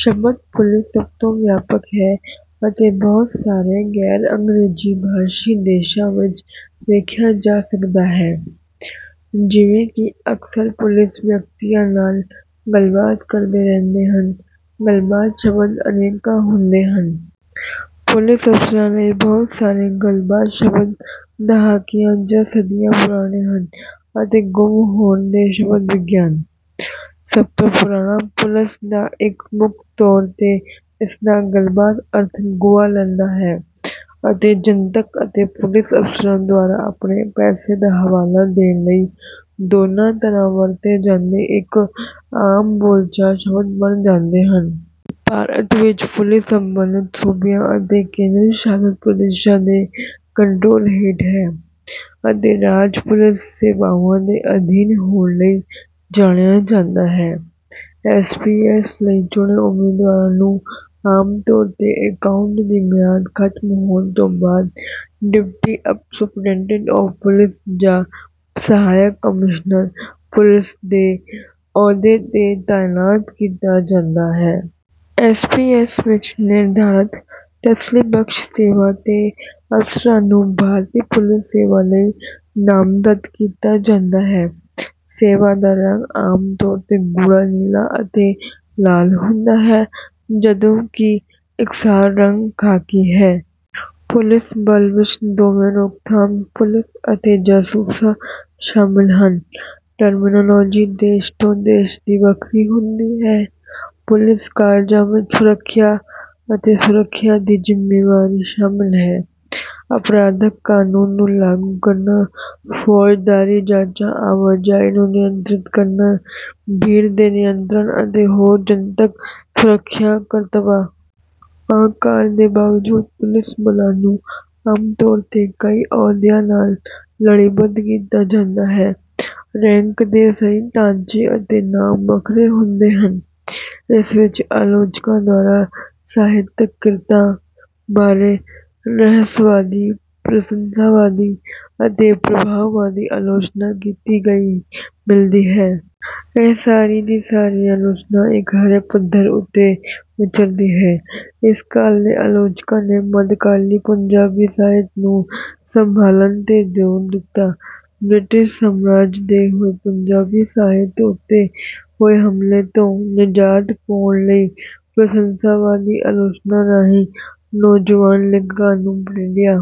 ਸ਼ਬਦ ਪੁਲਿਸ ਸਭ ਤੋਂ ਵਿਆਪਕ ਹੈ ਅਤੇ ਬਹੁਤ ਸਾਰੇ ਗੈਰ ਅੰਗਰੇਜ਼ੀ ਭਾਸ਼ੀ ਦੇਸ਼ਾਂ ਵਿੱਚ ਵੇਖਿਆ ਜਾ ਸਕਦਾ ਹੈ। ਜਿਵੇਂ ਕਿ ਅਕਸਰ ਪੁਲਿਸ ਵਿਅਕਤੀਆਂ ਨਾਲ ਗੱਲਬਾਤ ਕਰਦੇ ਰਹਿੰਦੇ ਹਨ ਗੱਲਬਾਤ ਸ਼ਬਦ ਅਨੇਕਾਂ ਹੁੰਦੇ ਹਨ। ਪੁਲਿਸ ਅਫਸਰਾਂ ਲਈ ਬਹੁਤ ਸਾਰੇ ਗੱਲਬਾਤ ਸ਼ਬਦ ਦਹਾਕਿਆਂ ਜਾਂ ਸਦੀਆਂ ਪੁਰਾਣੇ ਹਨ ਅਤੇ ਗੁੰਮ ਹੋਣ ਦੇ ਸ਼ਬਦ ਵਿਗਿਆਨ। ਸਭ ਤੋਂ ਪੁਰਾਣਾ ਪੁਲਸ ਦਾ ਇੱਕ ਮੁੱਖ ਤੌਰ ਤੇ ਇਸਦਾ ਗੱਲਬਾਤ ਅਰਥ ਗੁਆ ਲੈਂਦਾ ਹੈ ਅਤੇ ਜਨਤਕ ਅਤੇ ਪੁਲਿਸ ਅਫਸਰਾਂ ਦੁਆਰਾ ਆਪਣੇ ਪੇਸ਼ੇ ਦਾ ਹਵਾਲਾ ਦੇਣ ਲਈ ਦੋਨਾਂ ਤਰ੍ਹਾਂ ਵਰਤੇ ਜਾਂਦੇ ਇੱਕ ਆਮ ਬੋਲਚਾਲ ਸ਼ਬਦ ਬਣ ਜਾਂਦੇ ਹਨ। ਭਾਰਤ ਵਿੱਚ ਪੁਲਿਸ ਸੰਬੰਧਿਤ ਸੂਬਿਆਂ ਅਤੇ ਕੇਂਦਰ ਸ਼ਾਸਿਤ ਪ੍ਰਦੇਸ਼ਾਂ ਦੇ ਕੰਟਰੋਲ ਹੇਠ ਹੈ ਅਤੇ ਰਾਜ ਪੁਲਿਸ ਸੇਵਾਵਾਂ ਦੇ ਅਧੀਨ ਹੋਣ ਲਈ ਜਾਣਿਆ ਜਾਂਦਾ ਹੈ। ਐਸ ਪੀ ਐਸ ਲਈ ਚੁਣੇ ਉਮੀਦਵਾਰਾਂ ਨੂੰ ਆਮ ਤੌਰ ਤੇ ਅਕਾਉਂਟ ਦੀ ਮਿਆਦ ਖਤਮ ਹੋਣ ਤੋਂ ਬਾਅਦ ਡਿਪਟੀ ਸੁਪਰਡੈਂਟ ਆਫ ਪੁਲੀਸ ਜਾਂ ਸਹਾਇਕ ਕਮਿਸ਼ਨਰ ਪੁਲਿਸ ਦੇ ਅਹੁਦੇ ਤੇ ਤਾਇਨਾਤ ਕੀਤਾ ਜਾਂਦਾ ਹੈ। ਐਸ ਪੀ ਐਸ ਵਿੱਚ ਨਿਰਧਾਰਤ ਤਸੱਲੀਬਖਸ਼ ਸੇਵਾ ਤੇ ਅਫਸਰਾਂ ਨੂੰ ਭਾਰਤੀ ਪੁਲਿਸ ਸੇਵਾ ਲਈ ਨਾਮਜ਼ਦ ਕੀਤਾ ਜਾਂਦਾ ਹੈ। ਸੇਵਾ ਦਾ ਰੰਗ ਆਮ ਤੌਰ ਤੇ ਗੂੜਾ ਨੀਲਾ ਅਤੇ ਲਾਲ ਹੁੰਦਾ ਹੈ ਜਦੋਂ ਕਿ ਇਕਸਾਰ ਰੰਗ ਖਾਕੀ ਹੈ। ਪੁਲਿਸ ਬਲ ਵਿੱਚ ਦੋਵੇਂ ਰੋਕਥਾਮ ਪੁਲਿਸ ਅਤੇ ਜਾਸੂਸਾਂ ਸ਼ਾਮਲ ਹਨ। ਟਰਮੀਨਾਲੋਜੀ ਦੇਸ਼ ਤੋਂ ਦੇਸ਼ ਦੀ ਵੱਖਰੀ ਹੁੰਦੀ ਹੈ। ਪੁਲਿਸ ਕਾਰਜਾਂ ਵਿੱਚ ਸੁਰੱਖਿਆ ਅਤੇ ਸੁਰੱਖਿਆ ਦੀ ਜ਼ਿੰਮੇਵਾਰੀ ਸ਼ਾਮਲ ਹੈ ਅਪਰਾਧਕ ਕਾਨੂੰਨ ਨੂੰ ਲਾਗੂ ਕਰਨਾ ਫੌਜਦਾਰੀ ਜਾਂਚਾਂ ਆਵਾਜਾਈ ਨੂੰ ਨਿਯੰਤ੍ਰਿਤ ਕਰਨਾ ਭੀੜ ਦੇ ਨਿਯੰਤਰਣ ਅਤੇ ਹੋਰ ਜਨਤਕ ਸੁਰੱਖਿਆ ਕਰਤੱਵਾਂ। ਆਕਾਰ ਦੇ ਬਾਵਜੂਦ ਪੁਲਿਸ ਬਲਾਂ ਨੂੰ ਆਮ ਤੌਰ ਤੇ ਕਈ ਅਹੁਦਿਆਂ ਨਾਲ ਲੜੀਬੱਧ ਕੀਤਾ ਜਾਂਦਾ ਹੈ। ਰੈਂਕ ਦੇ ਸਹੀ ਢਾਂਚੇ ਅਤੇ ਨਾਮ ਵੱਖਰੇ ਹੁੰਦੇ ਹਨ। ਇਸ ਵਿੱਚ ਆਲੋਚਕਾਂ ਦੁਆਰਾ ਸਾਹਿਤਕ ਕਿਰਤਾਂ ਬਾਰੇ ਰਹੱਸਵਾਦੀ ਪ੍ਰਸੰਸਾਵਾਦੀ ਅਤੇ ਪ੍ਰਭਾਵਵਾਦੀ ਆਲੋਚਨਾ ਕੀਤੀ ਗਈ ਮਿਲਦੀ ਹੈ। ਇਹ ਸਾਰੀ ਦੀ ਸਾਰੀ ਆਲੋਚਨਾ ਇੱਕਹਿਰੇ ਪੱਧਰ ਉੱਤੇ ਵਿਚਰਦੀ ਹੈ। ਇਸ ਕਾਲ ਦੇ ਆਲੋਚਕਾਂ ਨੇ ਮੱਧਕਾਲੀ ਪੰਜਾਬੀ ਸਾਹਿਤ ਨੂੰ ਸੰਭਾਲਨ ਤੇ ਜ਼ੋਰ ਦਿੱਤਾ। ਬ੍ਰਿਟਿਸ਼ ਸਾਮਰਾਜ ਦੇ ਹੋਏ ਪੰਜਾਬੀ ਸਾਹਿਤ ਉੱਤੇ ਹੋਏ ਹਮਲੇ ਤੋਂ ਨਿਜ਼ਾਤ ਪਾਉਣ ਲਈ ਪ੍ਰਸੰਸਾਵਾਦੀ ਆਲੋਚਨਾ ਰਾਹੀਂ ਨੌਜਵਾਨ ਲੇਖਕਾਂ ਨੂੰ ਪ੍ਰੇਰਿਆ।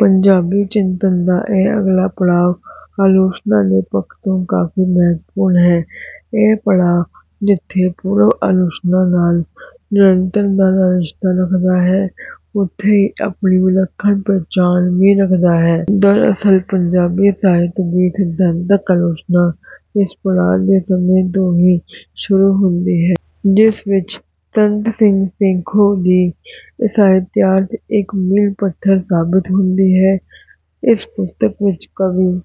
ਪੰਜਾਬੀ ਚਿੰਤਨ ਦਾ ਇਹ ਅਗਲਾ ਪੜਾਅ ਆਲੋਚਨਾ ਦੇ ਪੱਖ ਤੋਂ ਕਾਫੀ ਮਹੱਤਵਪੂਰਨ ਹੈ। ਇਹ ਪੜਾਅ ਜਿੱਥੇ ਪੂਰਵ ਆਲੋਚਨਾ ਨਾਲ ਨਿਰੰਤਰਤਾ ਦਾ ਰਿਸ਼ਤਾ ਰੱਖਦਾ ਹੈ ਉੱਥੇ ਹੀ ਆਪਣੀ ਵਿਲੱਖਣ ਪਹਿਚਾਣ ਵੀ ਰੱਖਦਾ ਹੈ। ਦਰਅਸਲ ਪੰਜਾਬੀ ਸਾਹਿਤ ਦੀ ਸਿਧਾਂਤਕ ਆਲੋਚਨਾ ਇਸ ਪੜਾਅ ਦੇ ਸਮੇਂ ਤੋਂ ਹੀ ਸ਼ੁਰੂ ਹੁੰਦੀ ਹੈ ਜਿਸ ਵਿੱਚ ਸੰਤ ਸਿੰਘ ਸੇਖੋਂ ਦੀ ਸਾਹਿਤਿਆਰਥ ਇੱਕ ਮੀਲ ਪੱਥਰ ਸਾਬਿਤ ਹੁੰਦੀ ਹੈ। ਇਸ ਪੁਸਤਕ ਵਿੱਚ ਕਾਵਿ।